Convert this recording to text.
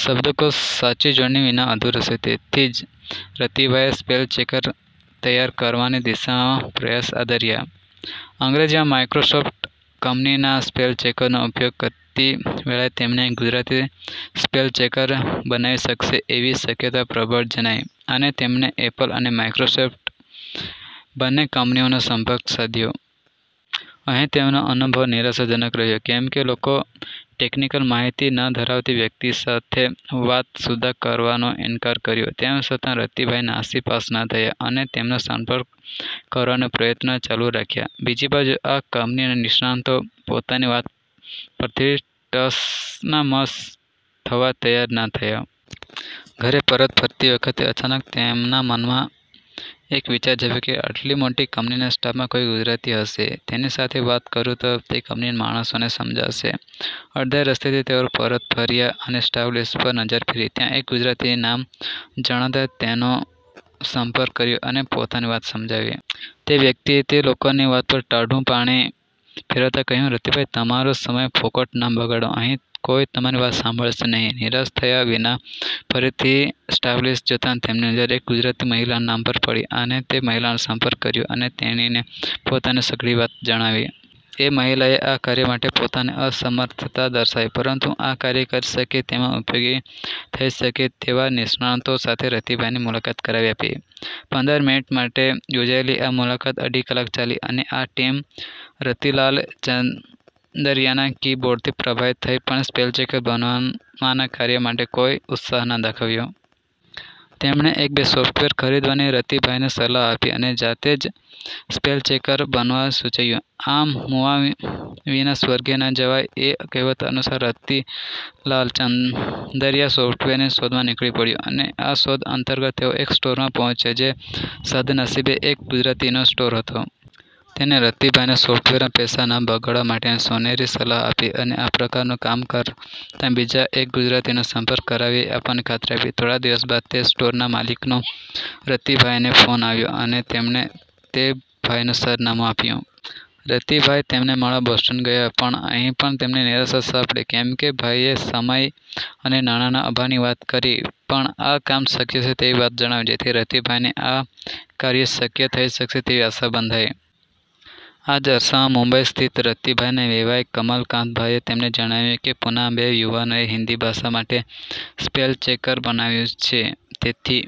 શબ્દકોશ સાચી જોડણી વિના અધૂરો છે તેથી જ રતિભાઈએ સ્પેલચેકર તૈયાર કરાવવાની દિશામાં પ્રયાસ આદર્યા. અંગ્રેજીમાં માઇક્રોસોફ્ટ કંપનીના સ્પેલચેકરનો ઉપયોગ કરતી વેળાએ તેમને ગુજરાતી સ્પેલચેકર બનાવી શકાશે એવી શક્યતાઓ પ્રબળ જણાઈ અને તેમણે એપલ અને માઇક્રોસોફ્ટ બન્ને કંપનીઓનો સંપર્ક સાધ્યો. અહીં તેમનો અનુભવ નિરાશાજનક રહ્યો કેમકે તે લોકો ટેક્નિકલ માહિતી ન ધરાવતી વ્યક્તિ સાથે વાત સુદ્ધાં કરવાનો ઇન્કાર કર્યો. તેમ છતાં રતિભાઈ નાસીપાસ ન થયા અને તેમનો સંપર્ક કરવાના પ્રયત્નો ચાલુ રાખ્યા. બીજી બાજુ આ કંપનીના નિષ્ણાતો પોતાની વાત પરથી ટસના મસ થવા તૈયાર ના થયા. ઘરે પરત ફરતી વખતે અચાનક તેમના મનમાં એક વિચાર ઝબકયો કે આટલી મોટી કંપનીના સ્ટાફમાં કોઈક તો ગુજરાતી હશે, તેની સાથે વાત કરું તો તે કંપનીના માણસોને સમજાવશે. અડધે રસ્તેથી તેઓ પરત ફર્યા અને સ્ટાફલિસ્ટ પર નજર ફેરવી, ત્યાં એક ગુજરાતી નામ જણાતાં તેનો સંપર્ક કર્યો અને પોતાની વાત સમજાવી. તે વ્યક્તિએ તે લોકોની વાત પર ટાઢું પાણી ફેરવતાં કહ્યું કે, રતિભાઈ તમારો સમય ફોગટ ના બગાડો, અહીં કોઈ તમારી વાત સાંભળશે નહીં. નિરાશ થયા વિના ફરીથી સ્ટાફલિસ્ટ જોતાં તેમની નજર એક ગુજરાતી મહિલાના નામ પર પડી અને તે મહિલાનો સંપર્ક કર્યો અને તેણીને પોતાની સઘળી વાત જણાવી. એ મહિલાએ આ કાર્ય માટે પોતાની અસમર્થતા દર્શાવી પરંતુ આ કાર્ય કરી શકે કે તેમાં ઉપયોગી થઈ શકે તેવા ભાષાનિષ્ણાતો સાથે રતિભાઈની મુલાકાત કરાવી આપી. પંદર મિનિટ માટે યોજાયેલી આ મુલાકાત અઢી કલાક ચાલી અને આ ટીમ રતિલાલ ચંદરયાના કીબોર્ડથી પ્રભાવિત થઈ પણ સ્પેલચેકર બનાવવાના કાર્ય માટે કોઈ ઉત્સાહ ના દાખવ્યો. તેમણે એક બે સોફ્ટવેર ખરીદવાની રતિભાઈને સલાહ આપી અને જાતે જ સ્પેલચેકર બનાવવા સૂચવ્યું. આપ મૂઆ વિના સ્વર્ગે ના જવાય એ કહેવત અનુસાર રતિલાલ ચંદરયા સોફ્ટવેરની શોધમાં નીકળી પડ્યા અને આ શોધ અંતર્ગત તેઓ એક સ્ટોરમાં પહોંચ્યા જે સદ્નસીબે એક ગુજરાતીનો સ્ટોર હતો. તેણે રતિભાઈને સોફ્ટવેરમાં પૈસા ન બગાડવા માટેની સોનેરી સલાહ આપી અને આ પ્રકારનું કામ કરતાં બીજા એક ગુજરાતીભાઈનો સંપર્ક કરાવી આપવાની ખાતરી આપી. થોડા દિવસ બાદ તે સ્ટોરના માલિકનો રતિભાઈને ફોન આવ્યો અને તેમણે તે ભાઈનું સરનામું આપ્યું. રતિભાઈ તેમને મળવા બોસ્ટન ગયા પણ અહીં પણ તેમને નિરાશા જ સાંપડી કેમકે તે ભાઈએ સમય અને નાણાંના અભાવની વાત કરી પણ આ કામ શક્ય છે તેવી વાત જણાવી જેથી રતિભાઈને આ કાર્ય થઈ શકશે તેવી આશા બંધાઈ. આ જ અરસામાં મુંબઈ સ્થિત રતિભાઈના વેવાઈ કમલકાંતભાઈએ તેમને જણાવ્યું કે પૂનામાં બે યુવાનોએ હિન્દી ભાષા માટે સ્પેલચેકર બનાવ્યું છે તેથી